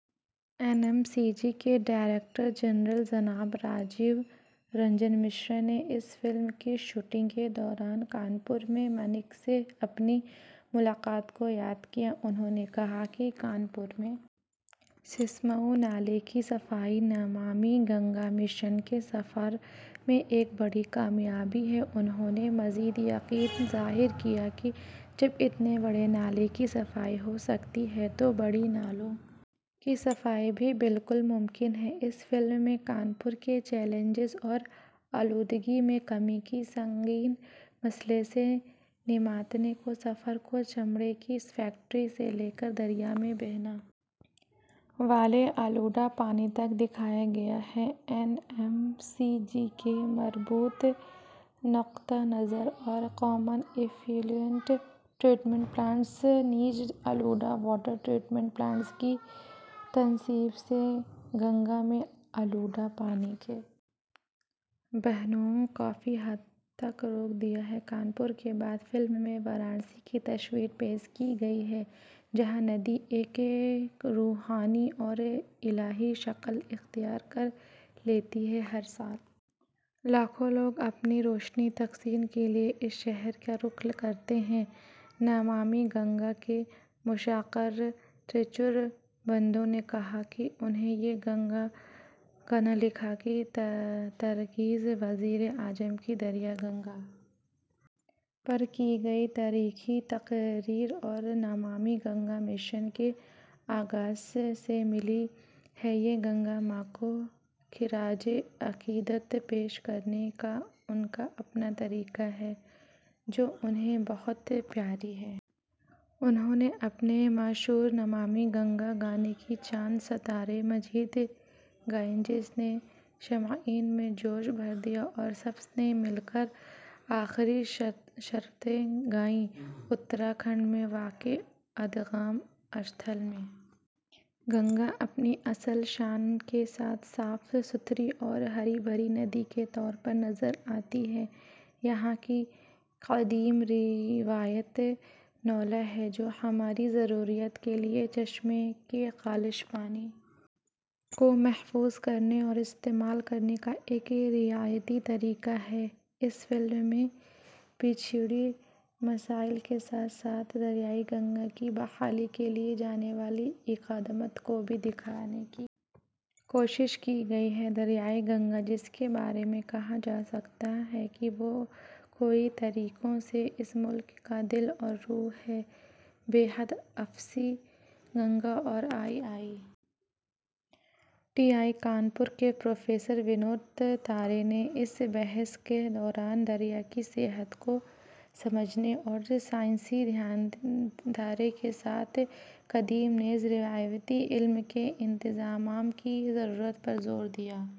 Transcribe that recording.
N M C G کے director general جناب راجیو رنجن مشرا نے اس فلم کی شوٹنگ کے دوران کانپور میں مائیک سے اپنی ملاقات کو یاد کیا انہوں نے کہا کہ کانپور میں سیسماؤ نالے کی صفائی نمامی گنگے مشن کے سفر میں ایک بڑی کامیابی ہے انہوں نے مزید یقین ظاہر کیا کہ جب اتنے بڑے نالے کی صفائی ہو سکتی ہے تو باقی نالوں کی صفائی بھی بالکل ممکن ہے اس فلم میں کانپور کے چیلنج اور آلودگی میں کمی کے سنگین مسئلے سے نمٹنے کے سفر کو چمڑے کی فیکٹری سے لے کر دریا میں بہنے والے آلودہ پانی تک دکھایا گیا ہے این ایم سی جی کے مربوط نقطہ نظر اور کامن ایفلوئنٹ ٹریٹمنٹ پلانٹس نیز آلودہ واٹر ٹریٹمنٹ پلانٹس کی تنصیب نے گنگا میں آلودہ پانی کے بہاؤ کو کافی حد تک روک دیا ہے کانپور کے بعد فلم میں وارانسی کی تصویر پیش کی گئی ہے جہاں ندی ایک روحانی اور الہی شکل اختیار کر لیتی ہے ہر سال لاکھوں لوگ اپنی روحانی تسکین کے لیے اس شہر کا رخ کرتے ہیں نمامی گنگے کے موسیقار تریچور بندھو نے کہا کہ انہیں یہ گانا لکھنے کی ترغیب وزیر اعظم کی دریائے گنگا پر کی گئی تاریخی تقریر اور نمامی گنگا مشن کے آغاز سے ملی ہے یہ گنگا ماں کو خراج عقیدت پیش کرنے کا ان کا اپنا طریقہ ہے جو انہیں بہت پیاری ہے انہوں نے اپنے مشہور نمامی گنگے گانے کی چند سطریں مزید گائیں جس نے سامعین میں جوش بھر دیا اور سب نے مل کر آخری سطریں گائیں اتراکھنڈ میں واقع ادگم استھل میں گنگا اپنی اصل شان کے ساتھ صاف ستھری اور ہری بھری ندی کے طور پر نظر آتی ہے یہاں کی قدیم روایت نولہ ہے جو ہماری ضروریات کے لیے چشمے کے خالص پانی کو محفوظ کرنے اور استعمال کرنے کا ایک روایتی طریقہ ہے اس فلم میں پیچیدہ مسائل کے ساتھ ساتھ دریائے گنگا کی بحالی کے لیے کیے جانے والے اقدامات کو بھی دکھانے کی کوشش کی گئی ہے دریائے گنگا جس کے بارے میں کہا جا سکتا ہے کہ وہ کئی طریقوں سے اس ملک کا دل اور روح ہے ہیڈ آف سی گنگا اور آئی آئی ٹی کانپور کے پروفیسر ونود تارے نے اس بحث کے دوران دریا کی صحت کو سمجھنے اور سائنسی دھارے کے ساتھ قدیم نیز روایتی علم کے انضمام کی ضرورت پر زور دیا